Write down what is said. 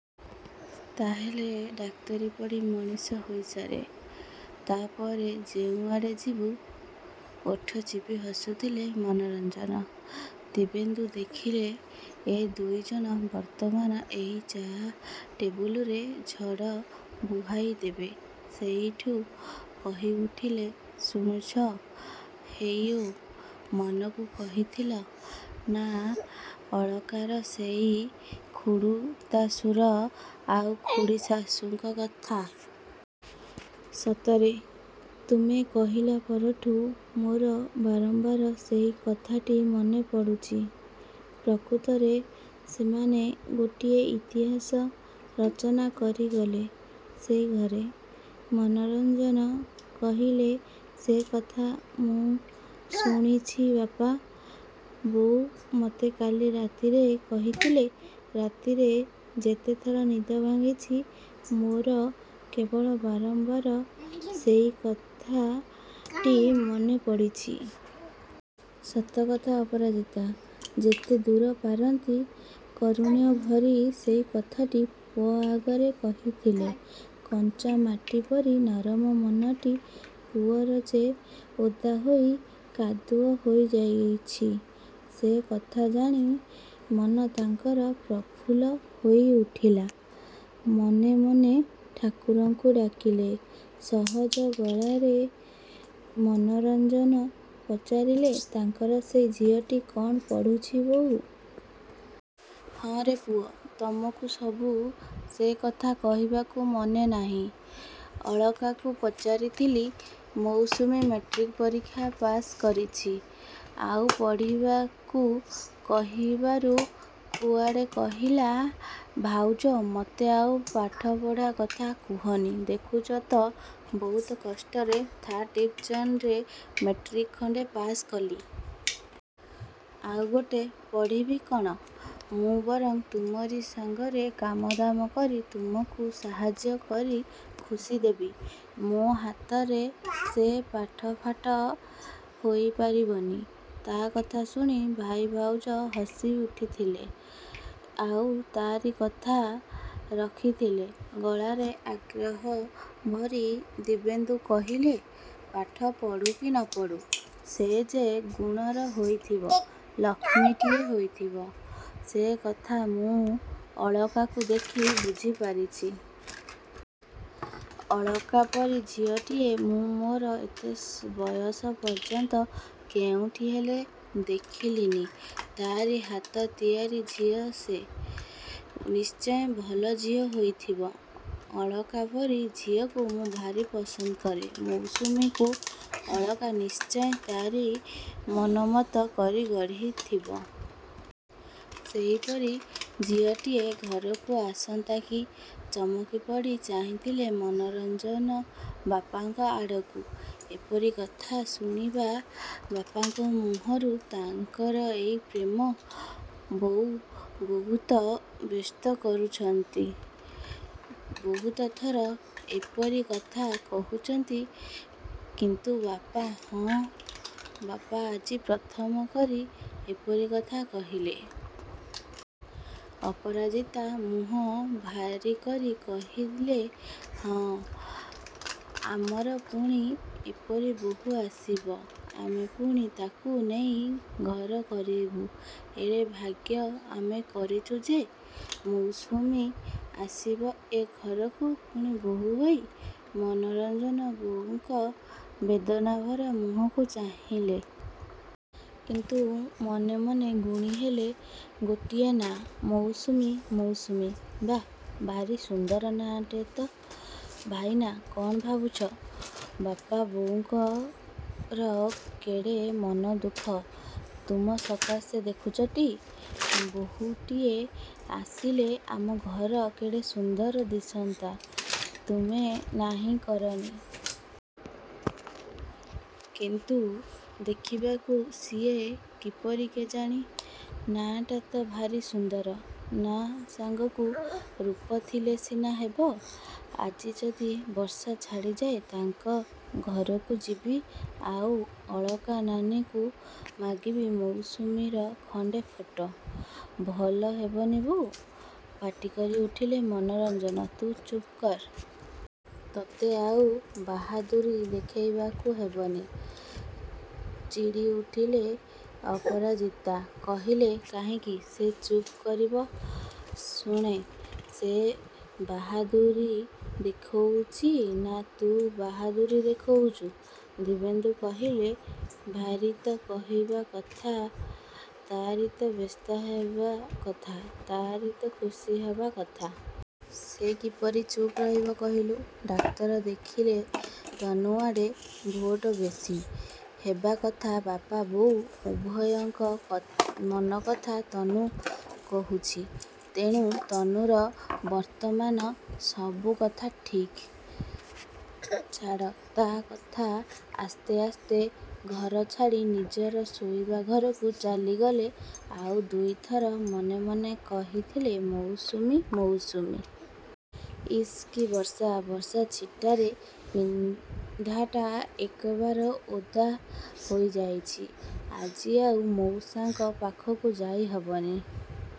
ତାହାହେଲେ ଡାକ୍ତରୀ ପଢ଼ି ମଣିଷ ହୋଇସାରେ, ତା'ପରେ ଯେଉଁଆଡ଼େ ଯିବୁ। ଓଠ ଚିପି ହସୁଥିଲେ ମନୋରଞ୍ଜନ। ଦିବ୍ୟେନ୍ଦୁ ଦେଖିଲେ ଏ ଦୁଇଜଣ ବର୍ତ୍ତମାନ ଏହି ଚା ଟେବୁଲରେ ଝଡ଼ ବୁହାଇଦେବେ। ସେଇଠୁ କହିଉଠିଲେ ଶୁଣୁଛ ହେଇଓ, ମନୁକୁ କହିଥିଲ ନା ଅଳକାର ସେଇ ଖୁଡ଼ୁତାଶୁର ଆଉ ଖୁଡ଼ୀଶାଶୂଙ୍କ କଥା? ସତରେ ତୁମେ କହିଲା ପରଠୁ ମୋର ବାରମ୍ବାର ସେଇ କଥାଟି ମନେପଡ଼ୁଛି। ପ୍ରକୃତରେ ସେମାନେ ଗୋଟିଏ ଇତିହାସ ରଚନା କରିଗଲେ ସେଇ ଘରେ। ମନୋରଞ୍ଜନ କହିଲେ ସେକଥା ମୁଁ ଶୁଣିଛି ବାପା। ବୋଉ ମୋତେ କାଲି ରାତିରେ କହିଥିଲେ। ରାତିରେ ଯେତେଥର ନିଦ ଭାଙ୍ଗିଛି ମୋର କେବଳ ବାରମ୍ବାର କରି ସେଇ କଥାଟି ମନେପଡ଼ିଛି। ସତ କଥା ଅପରାଜିତା ଯେତେଦୂର ପାରନ୍ତି କାରୁଣ୍ୟଭରି ସେଇ କଥାଟି ପୁଅ ଆଗରେ କହିଥିଲେ। କଞ୍ଚାମାଟି ପରି ନରମ ମନଟି ପୁଅର ଯେ ଓଦା ହୋଇ କାଦୁଅ ହୋଇଯାଇଛି, ସେକଥା ଜାଣି ମନ ତାଙ୍କର ପ୍ରଫୁଲ୍ଲ ହୋଇଉଠିଲା। ମନେ ମନେ ଠାକୁରଙ୍କୁ ଡାକିଲେ। ସହଜ ଗଳାରେ ମନୋରଞ୍ଜନ ପଚାରିଲେ ତାଙ୍କର ସେଇ ଝିଅଟି କ'ଣ ପଢ଼ୁଛି ବୋଉ? ହଁରେ ପୁଅ ତମକୁ ସବୁ ସେକଥା କହିବାକୁ ମନେନାହିଁ। ଅଳକାକୁ ପଚାରିଥିଲି। ମୌସୁମୀ ମାଟ୍ରିକ୍ ପାଶ୍ କରିଛି। ଆଉ ପଢ଼ିବାକୁ କହିବାରୁ କୁଆଡ଼େ କହିଲା ଭାଉଜ, ମୋତେ ଆଉ ପାଠପଢ଼ା କଥା କହନି। ଦେଖୁଛ ତ ବହୁତ କଷ୍ଟରେ ଥାର୍ଡ ଡିଭିଜନରେ ମାଟ୍ରିକ୍ ଖଣ୍ଡେ ପାଶ୍ କଲି। ଆଉ ଗୋଟେ ପଢ଼ିବି କ'ଣ? ମୁଁ ବରଂ ତୁମରି ସାଙ୍ଗରେ କାମଦାମ କରି ତୁମକୁ ସାହାଯ୍ୟ କରି ଖୁସିହେବି। ମୋ ହାତରେ ସେ ପାଠଫାଠ ହୋଇପାରିବନି। ତା'କଥା ଶୁଣି ଭାଇଭାଉଜ ହସିଉଠିଥିଲେ। ଆଉ ତାରି କଥା ରଖିଥିଲେ। ଗଳାରେ ଆଗ୍ରହ ଭରି ଦିବ୍ୟେନ୍ଦୁ କହିଲେ ପାଠ ପଢ଼ୁ, କି ନ ପଢ଼ୁ ସେ ଯେ ଗୁଣର ହୋଇଥିବ, ଲକ୍ଷ୍ମୀଟିଏ ହୋଇଥିବ, ସେକଥା ମୁଁ ଅଳକାକୁ ଦେଖି ବୁଝିପାରିଛି। ଅଳକାପରି ଝିଅଟିଏ ମୁଁ ମୋର ଏତେ ବୟସ ପର୍ଯ୍ୟନ୍ତ କେଉଁଠି ହେଲେ ଦେଖିଲିନି। ତା'ରି ହାତ ତିଆରି ଝିଅ ସେ। ନିଶ୍ଚୟ ଭଲ ଝିଅ ହୋଇଥିବ। ଅଳକା ପରି ଝିଅକୁ ମୁଁ ଭାରି ପସନ୍ଦ କରେ। ମୌସୁମୀକୁ ଅଳକା ନିଶ୍ଚୟ ତା'ରି ମନୋମତ କରି ଗଢ଼ିଥିବ। ସେଇପରି ଝିଅଟିଏ ଘରକୁ ଆସନ୍ତା କି। ଚମକିପଡ଼ି ଚାହିଁଲେ ମନୋରଞ୍ଜନ ବାପାଙ୍କ ଆଡ଼କୁ। ଏପରି କଥା ଶୁଣିବା ବାପାଙ୍କ ମୁହଁରୁ ତାଙ୍କର ଏଇ ପ୍ରଥମ। ବୋଉ ବହୁତ ବ୍ୟସ୍ତ କରୁଛନ୍ତି। ବହୁତଥର ଏହିପରି କଥା କହିଛନ୍ତି। କିନ୍ତୁ ବାପା! ହଁ, ବାପା ଆଜି ପ୍ରଥମକରି ଏପରି କଥା କହିଲେ। ଅପରାଜିତା ମୁହଁ ଭାରିକରି କହିଲେ ହିଁ, ଆମର ପୁଣି ଏପରି ବୋହୂ ଆସିବ! ଆମେ ପୁଣି ତାକୁ ନେଇ ଘର କରିବୁ! ଏଡ଼େ ଭାଗ୍ୟ ଆମେ କରିଛୁ ଯେ, ମୌସୁମୀ ଆସିବ ଏ ଘରକୁ ପୁଣି ବୋହୂ ହୋଇ! ମନୋରଞ୍ଜନ ବୋଉଙ୍କର ବେଦନାଭରା ମୁହଁକୁ ଚାହିଁଲେ। କିନ୍ତୁ ମନେ ମନେ ଗୁଣିହେଲେ ଗୋଟିଏ ନାଆଁ ମୌସୁମୀ, ମୌସୁମୀ। ବାଃ, ଭାରି ସୁନ୍ଦର ନାଁଟିଏ ତ। ଭାଇନା, କ'ଣ ଭାବୁଛ? ବାପା ବୋଉଙ୍କର କେଡ଼େ ମନଦୁଃଖ ତୁମ ସକାଶେ ଦେଖୁଛଟି? ବୋହୂଟିଏ ଆସିଲେ ଆମ ଘର କେଡ଼େ ସୁନ୍ଦର ଦିଶନ୍ତା, ତୁମେ ନାହିଁ କରନି। କିନ୍ତୁ ଦେଖିବାକୁ ସିଏ କିପରି କେଜାଣି। ନାଁଟା ତ ଭାରି ସୁନ୍ଦର। ନାଁ ସାଙ୍ଗକୁ ରୂପ ଥିଲେ ସିନା ହେବ। ଆଜି ଯଦି ବର୍ଷା ଛାଡ଼ିଯାଏ, ତାଙ୍କ ଘରକୁ ଯିବି ଆଉ ଅଳକା ନାନୀକି ମାଗିବି ମୌସୁମୀର ଖଣ୍ଡେ ଫଟୋ। ଭଲ ହେବନି ବୋଉ? ପାଟିକରି ଉଠିଲେ ମନୋରଞ୍ଜନ ତୁ ଚୁପ୍ କର। ତତେ ଆଉ ବାହାଦୁରି ଦେଖାଇବାକୁ ହେବନି। ଚିଡ଼ିଉଠିଲେ ଅପରାଜିତା। କହିଲେ କାହିଁକି ସେ ଚୁପ୍ କରିବ ଶୁଣେ? ସେ ବାହାଦୁରି ଦେଖାଉଛି ନା ତୁ ବାହାଦୁରି ଦେଖାଉଛୁ। ଦିବ୍ୟେନ୍ଦୁ କହିଲେ–ତାରି ତ କହିବା କଥା, ତା'ରି ତ ବ୍ୟସ୍ତ ହେବା କଥା, ତା'ରି ତ ଖୁସି ହେବା କଥା। ସେ କିପରି ଚୁପ୍ ରହିବ କହିଲୁ? ଡାକ୍ତର ଦେଖିଲେ ତନୁଆଡ଼େ ଭୋଟ ବେଶି। ହେବାକଥା ବାପାବୋଉ ଉଭୟଙ୍କ ମନକଥା ତନୁ କହୁଛି। ତେଣୁ ତନୁର ବର୍ତ୍ତମାନ ସବୁକଥା ଠିକ୍। ଛାଡ଼ ତା' କଥା। ଆସ୍ତେ ଆସ୍ତେ ଘର ଛାଡ଼ି ନିଜର ଶୋଇବା ଘରକୁ ଚାଲିଗଲେ ଆଉ ଦୁଇଥର ମନେ ମନେ କହିହେଲେ ମୌସୁମୀ, ମୌସୁମୀ। ଇସ୍ କି ବର୍ଷା! ବର୍ଷାଛିଟରେ ପିନ୍ଧାଟା ଏକବାରେ ଓଦା ହୋଇଯାଇଛି। ଆଜି ଆଉ ମଉସାଙ୍କ ପାଖକୁ ଯାଇହେବନି।